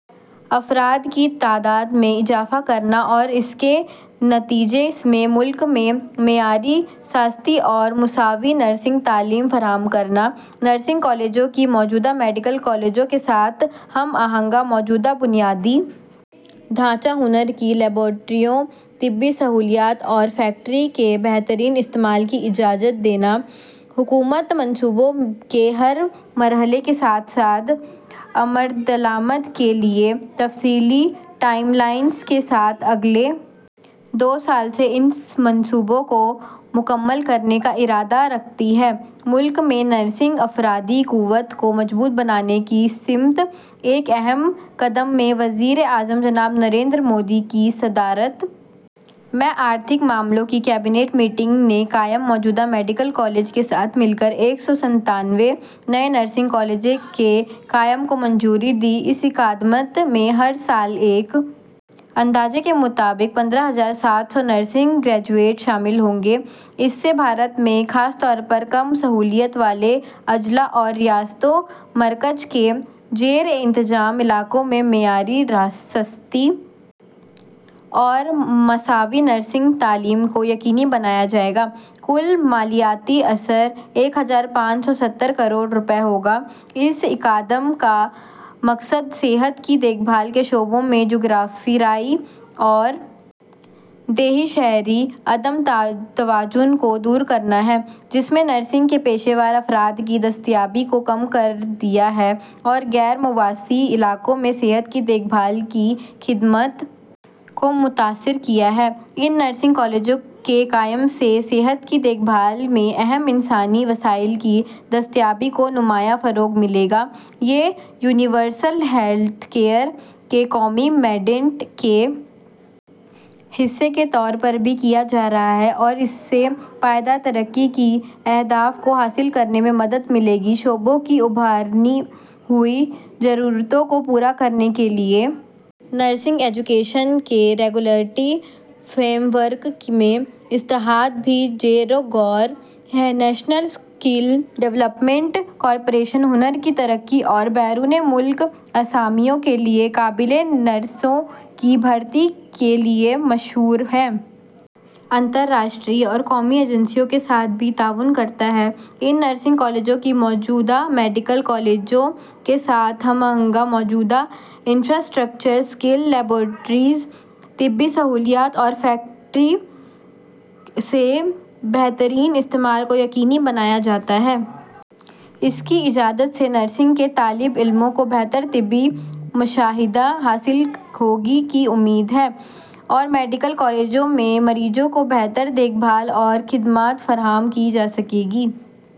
افراد کی تعداد میں اضافہ کرنا اور اس کے نتیجے میں ملک میں معیاری سستی اور مساوی نرسنگ تعلیم فراہم کرنا نرسنگ کالجوں کی موجودہ میڈیکل کالجوں کے ساتھ ہم آہنگی موجودہ بنیادی ڈھانچہ ہنر کی لیبارٹریوں طبی سہولیات اور فیکلٹی کے بہترین استعمال کی اجازت دے گی حکومت منصوبے کے ہر مرحلے کے ساتھ ساتھ عمل درآمد کے لیے تفصیلی ٹائم لائنز کے ساتھ اگلے دو سال میں اس منصوبے کو مکمل کرنے کا ارادہ رکھتی ہے ملک میں نرسنگ افرادی قوت کو مضبوط بنانے کی سمت ایک اہم قدم میں وزیر اعظم جناب نریندر مودی کی صدارت میں اقتصادی امور کی کابینہ کمیٹی نے قائم موجودہ میڈیکل کالجوں کے ساتھ مل کر ایک سو ستانوے نئے نرسنگ کالجوں کے قیام کو منظوری دی ہے اس اقدام سے ہر سال ایک اندازے کے مطابق پندرہ ہزار سات سو نرسنگ گریجویٹس شامل ہوں گے اس سے بھارت میں خاص طور پر کم سہولت والے اضلاع اور ریاستوں مرکز کے زیر انتظام علاقوں میں معیاری سستی اور مساوی نرسنگ تعلیم کو یقینی بنایا جائے گا کل مالیاتی اثر ایک ہزار پانچ سو ستر کروڑ روپے ہوگا اس اقدام کا مقصد صحت کی دیکھ بھال کے شعبے میں جغرافیائی اور دیہی شہری عدم توازن کو دور کرنا ہے جس نے نرسنگ کے پیشہ ور افراد کی دستیابی کو کم کر دیا ہے اور غیر محفوظ علاقوں میں صحت کی دیکھ بھال کی خدمات کو متاثر کیا ہے ان نرسنگ کالجوں کے قیام سے صحت کی دیکھ بھال میں اہل انسانی وسائل کی دستیابی کو نمایاں فروغ ملے گا یہ یونیورسل ہیلتھ کیئر کے قومی مینڈیٹ کے حصے کے طور پر بھی کیا جا رہا ہے اور اس سے پائیدار ترقی کے اہداف کو حاصل کرنے میں مدد ملے گی شعبہ کی ابھرتی ہوئی ضروریات کو پورا کرنے کے لیے نرسنگ ایجوکیشن کے ریگولیٹری فریم ورک میں اصلاحات بھی زیر غور ہیں نیشنل اسکل ڈیولپمنٹ کارپوریشن ہنر کی ترقی اور بیرون ملک اسامیوں کے لیے قابل نرسوں کی بھرتی کے لیے معروف بین الاقوامی اور قومی ایجنسیوں کے ساتھ بھی تعاون کرتا ہے ان نرسنگ کالجوں کی موجودہ میڈیکل کالجوں کے ساتھ ہم آہنگی موجودہ انفراسٹرکچر ہنر کی لیبارٹریوں طبی سہولیات اور فیکلٹی کے بہترین استعمال کی اجازت دے گی اس اقدام سے نرسنگ کے طالب علموں کو بہتر طبی نمائش اور میڈیکل کالجوں میں مریضوں کو بہتر دیکھ بھال اور خدمات فراہم کرنے کی امید ہے